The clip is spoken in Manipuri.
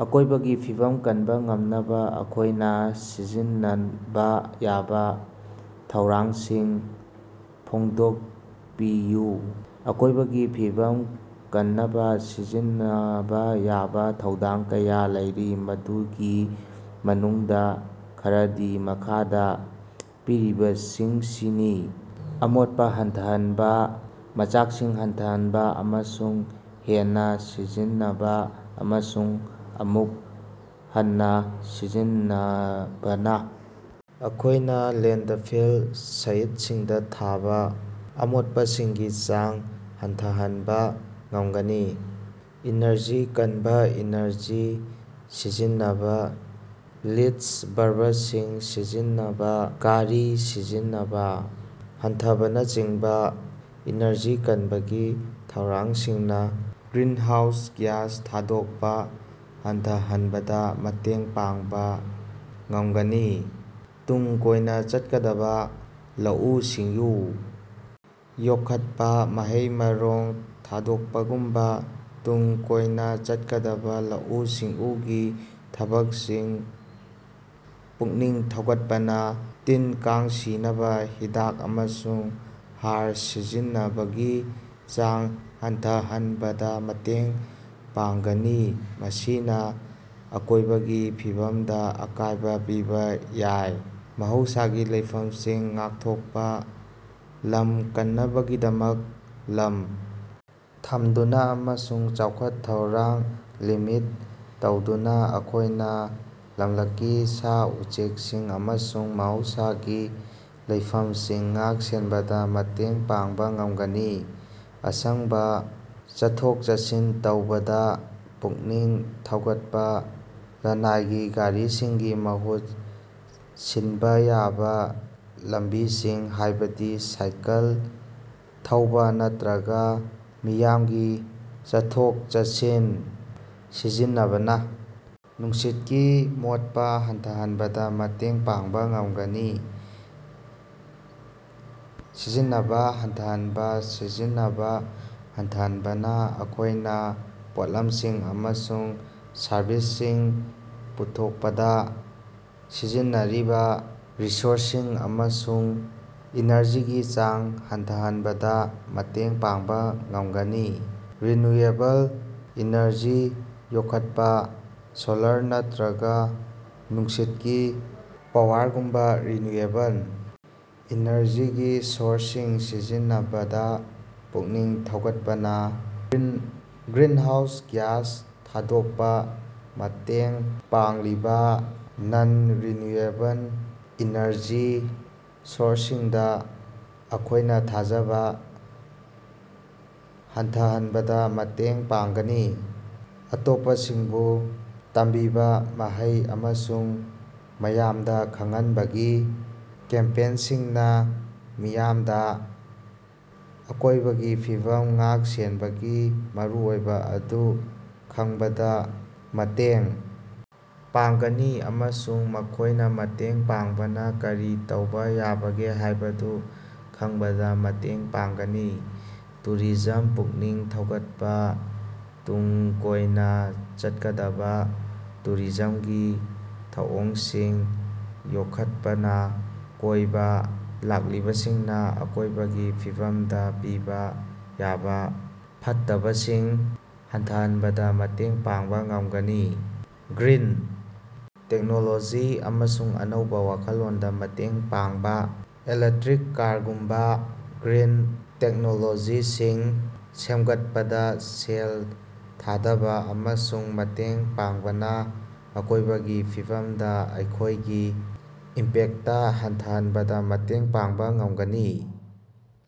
ꯑꯀꯣꯢꯕꯒꯤ ꯐꯤꯕꯝ ꯀꯟꯕ ꯉꯝꯅꯕ ꯑꯩꯈꯣꯢꯅ ꯁꯤꯖꯤꯟꯅꯕ ꯌꯥꯕ ꯊꯧꯔꯥꯡꯁꯤꯡ ꯐꯣꯡꯗꯣꯛꯄꯤꯌꯨ꯫ ꯑꯀꯣꯢꯕꯒꯤ ꯐꯤꯕꯝ ꯀꯟꯅꯕ ꯁꯤꯖꯤꯟꯅꯕꯥ ꯌꯥꯕ ꯊꯧꯑꯣꯡ ꯀꯌꯥ ꯂꯩꯔꯤ ꯃꯗꯨꯒꯤ ꯃꯅꯨꯡꯗ ꯈꯔꯗꯤ ꯃꯈꯥꯗ ꯄꯤꯔꯤꯕꯁꯤꯡꯁꯤꯅꯤ ꯑꯃꯣꯠꯄ ꯍꯟꯊꯍꯟꯕ ꯃꯆꯥꯛꯁꯤꯡ ꯍꯟꯊꯍꯟꯕ ꯑꯃꯨꯛ ꯍꯦꯟꯅ ꯁꯤꯖꯤꯟꯅꯕ ꯑꯃꯁꯨꯡ ꯑꯃꯨꯛ ꯍꯟꯅ ꯁꯤꯖꯤꯟꯅꯕꯅ ꯑꯩꯈꯣꯢꯅ ꯂꯦꯟꯗꯐꯤꯜ ꯁꯥꯏꯠꯁꯤꯡꯗ ꯊꯥꯕ ꯑꯃꯣꯠꯄꯁꯤꯡꯒꯤ ꯆꯥꯡ ꯍꯟꯊꯍꯟꯕ ꯉꯝꯒꯅꯤ꯫ ꯏꯅꯔꯖꯤ ꯀꯟꯕ ꯏꯅꯔꯖꯤ ꯁꯤꯖꯤꯟꯅꯕ ꯂꯥꯏꯠ ꯕꯜꯕꯁꯤꯡ ꯁꯤꯖꯤꯟꯅꯕ ꯅꯠꯇ꯭ꯔꯒ ꯒꯥꯔꯤ ꯁꯤꯖꯤꯟꯅꯕ ꯍꯟꯊꯍꯟꯕꯅꯆꯤꯡꯕ ꯏꯅꯔꯖꯤ ꯀꯟꯕꯒꯤ ꯊꯧꯔꯥꯡꯁꯤꯡꯅ ꯒ꯭ꯔꯤꯟꯍꯥꯎꯁ ꯒ꯭ꯌꯥꯁ ꯊꯥꯗꯣꯛꯄ ꯍꯟꯊꯍꯟꯕꯗ ꯃꯇꯦꯡ ꯄꯥꯡꯕ ꯉꯝꯒꯅꯤ꯫ ꯇꯨꯡ ꯀꯣꯏꯅ ꯆꯠꯀꯗꯕ ꯂꯧꯎ-ꯁꯤꯡꯎ ꯌꯣꯛꯈꯠꯄ ꯃꯍꯩ-ꯃꯔꯣꯡ ꯊꯥꯗꯣꯛꯄꯒꯨꯝꯕ ꯇꯨꯡ ꯀꯣꯏꯅ ꯆꯠꯀꯗꯕ ꯂꯧꯎ-ꯁꯤꯡꯎꯒꯤ ꯊꯕꯛꯁꯤꯡ ꯄꯨꯛꯅꯤꯡ ꯊꯧꯒꯠꯄꯅ ꯇꯤꯟ ꯀꯥꯡ ꯁꯤꯅꯕ ꯍꯤꯗꯥꯛ ꯑꯃꯁꯨꯡ ꯍꯥꯔ ꯁꯤꯖꯤꯟꯅꯕꯒꯤ ꯆꯥꯡ ꯍꯟꯊꯍꯟꯕꯗ ꯃꯇꯦꯡ ꯄꯥꯡꯒꯅꯤ ꯃꯁꯤꯅ ꯑꯀꯣꯢꯕꯒꯤ ꯐꯤꯕꯝꯗ ꯑꯀꯥꯢꯕ ꯄꯤꯕꯥ ꯌꯥꯏ꯫ ꯃꯍꯧꯁꯥꯒꯤ ꯂꯩꯐꯝꯁꯤꯡ ꯉꯥꯛꯊꯣꯛꯄ ꯂꯝ ꯀꯟꯅꯕꯒꯤꯗꯃꯛ ꯂꯝ ꯊꯝꯗꯨꯅ ꯑꯃꯁꯨꯡ ꯆꯥꯎꯈꯠ-ꯊꯧꯔꯥꯡ ꯂꯤꯃꯤꯠ ꯇꯧꯗꯨꯅ ꯑꯩꯈꯣꯢꯅ ꯂꯝꯂꯛꯀꯤ ꯁꯥ-ꯎꯆꯦꯛꯁꯤꯡ ꯑꯃꯁꯨꯡ ꯃꯍꯧꯁꯥꯒꯤ ꯂꯩꯐꯝꯁꯤꯡ ꯉꯥꯛ-ꯁꯦꯟꯕꯗ ꯃꯇꯦꯡ ꯄꯥꯡꯕꯥ ꯉꯝꯒꯅꯤ꯫ ꯑꯁꯪꯕ ꯆꯠꯊꯣꯛ-ꯆꯠꯁꯤꯟ ꯇꯧꯕꯗ ꯄꯨꯛꯅꯤꯡ ꯊꯧꯒꯠꯄ ꯂꯅꯥꯏꯒꯤ ꯒꯥꯔꯤꯁꯤꯡꯒꯤ ꯃꯍꯨꯠ ꯁꯤꯟꯕ ꯌꯥꯕ ꯂꯝꯕꯤꯁꯤꯡ ꯍꯥꯢꯕꯗꯤ ꯁꯥꯏꯀꯜ ꯊꯧꯕꯥ ꯅꯠꯇ꯭ꯔꯒ ꯃꯤꯌꯥꯝꯒꯤ ꯆꯠꯊꯣꯛ-ꯆꯠꯁꯤꯟ ꯁꯤꯖꯤꯟꯅꯕꯅ ꯅꯨꯡꯁꯤꯠ ꯀꯤ ꯃꯣꯠꯄ ꯍꯟꯊꯍꯟꯕꯗ ꯃꯇꯦꯡ ꯄꯥꯡꯕ ꯉꯝꯒꯅꯤ꯫ ꯁꯤꯖꯤꯟꯅꯕ ꯍꯟꯊꯍꯟꯕ: ꯁꯤꯖꯤꯟꯅꯕ ꯍꯟꯊꯍꯟꯕꯅ ꯑꯩꯈꯣꯏꯅ ꯄꯣꯠꯂꯝꯁꯤꯡ ꯑꯃꯁꯨꯡ ꯁꯔꯕꯤꯁꯁꯤꯡ ꯄꯨꯊꯣꯛꯄꯗ ꯁꯤꯖꯤꯟꯅꯔꯤꯕ ꯔꯤꯁꯣꯔꯁꯁꯤꯡ ꯑꯃꯁꯨꯡ ꯏꯅꯔꯖꯤꯒꯤ ꯆꯥꯡ ꯍꯟꯊꯍꯟꯕꯗ ꯃꯇꯦꯡ ꯄꯥꯡꯕ ꯉꯝꯒꯅꯤ꯫ ꯔꯤꯟꯌꯨꯑꯦꯕꯜ ꯏꯅꯔꯖꯤ ꯌꯣꯛꯈꯠꯄꯥ ꯁꯣꯂꯥꯔ ꯅꯠꯇ꯭ꯔꯒ ꯅꯨꯡꯁꯤꯠꯀꯤ ꯄꯥꯋꯔꯒꯨꯝꯕ ꯔꯤꯟꯌꯨꯑꯦꯕꯜ ꯏꯅꯔꯖꯤꯒꯤ ꯁꯣꯔꯁꯁꯤꯡ ꯁꯤꯖꯤꯟꯅꯕꯗ ꯄꯨꯛꯅꯤꯡ ꯊꯧꯒꯠꯄꯅ ꯒ꯭ꯔꯤꯟꯍꯥꯎꯁ ꯒ꯭ꯌꯥꯁ ꯊꯥꯗꯣꯛꯄ ꯃꯇꯦꯡ ꯄꯥꯡꯂꯤꯕ ꯅꯟ-ꯔꯤꯟꯌꯨꯑꯦꯕꯜ ꯏꯅꯔꯖꯤ ꯁꯣꯔꯁꯁꯤꯡꯗ ꯑꯩꯈꯣꯢꯅ ꯊꯥꯖꯕ ꯍꯟꯊꯍꯟꯕꯗ ꯃꯇꯦꯡ ꯄꯥꯡꯒꯅꯤ꯫ ꯑꯇꯣꯞꯄꯁꯤꯡꯕꯨ ꯇꯝꯕꯤꯕ ꯃꯍꯩ ꯑꯃꯁꯨꯡ ꯃꯌꯥꯝꯗ ꯈꯪꯍꯟꯅꯕꯒꯤ ꯀꯦꯝꯄꯦꯠꯟꯁꯤꯡꯅ ꯃꯤꯌꯥꯝꯗ ꯑꯀꯣꯢꯕꯒꯤ ꯐꯤꯕꯝ ꯉꯥꯛ-ꯁꯦꯟꯕꯒꯤ ꯃꯔꯨꯑꯣꯏꯕ ꯑꯗꯨ ꯈꯪꯕꯗ ꯃꯇꯦꯡ ꯄꯥꯡꯒꯅꯤ ꯑꯃꯁꯨꯡ ꯃꯈꯣꯢꯅ ꯃꯇꯦꯡ ꯄꯥꯡꯅꯕ ꯀꯔꯤ ꯇꯧꯕꯥ ꯌꯥꯕꯒꯦ ꯍꯥꯢꯕꯗꯨ ꯈꯪꯕꯗ ꯃꯇꯦꯡ ꯄꯥꯡꯒꯅꯤ꯫ ꯇꯨꯔꯤꯖꯝ ꯄꯨꯛꯅꯤꯡ ꯊꯧꯒꯠꯄꯥ: ꯇꯨꯡ ꯀꯣꯏꯅ ꯆꯠꯀꯗꯕ ꯇꯨꯔꯤꯖꯝꯒꯤ ꯊꯧꯑꯣꯡꯁꯤꯡ ꯌꯣꯛꯈꯠꯄꯅ ꯀꯣꯏꯕ ꯂꯥꯛꯂꯤꯕꯁꯤꯡꯅ ꯑꯀꯣꯢꯕꯒꯤ ꯐꯤꯕꯝꯗ ꯄꯤꯕ ꯌꯥꯕ ꯐꯠꯇꯕꯁꯤꯡ ꯍꯟꯊꯍꯟꯕꯗ ꯃꯇꯦꯡ ꯄꯥꯡꯕꯥ ꯉꯝꯒꯅꯤ꯫ ꯒ꯭ꯔꯤꯟ ꯇꯦꯛꯅꯣꯂꯣꯖꯤ ꯑꯃꯁꯨꯡ ꯑꯅꯧꯕ ꯋꯥꯈꯜꯂꯣꯟꯗ ꯃꯇꯦꯡ ꯄꯥꯡꯕ: ꯏꯂꯦꯛꯇ꯭ꯔꯤꯛ ꯀꯥꯔꯒꯣꯒꯨꯝꯕ ꯒ꯭ꯔꯤꯟ ꯇꯦꯛꯅꯣꯂꯣꯖꯤꯁꯤꯡ ꯁꯦꯝꯒꯠꯄꯗ ꯁꯦꯜ ꯊꯥꯗꯕ ꯑꯃꯁꯨꯡ ꯃꯇꯦꯡ ꯄꯥꯡꯕꯅ ꯑꯀꯣꯢꯕꯒꯤ ꯐꯤꯕꯝꯗ ꯑꯩꯈꯣꯢꯒꯤ ꯏꯝꯄꯦꯛꯇ ꯍꯟꯊꯍꯟꯕꯗ ꯃꯇꯦꯡ ꯄꯥꯡꯕ ꯉꯝꯒꯅꯤ꯫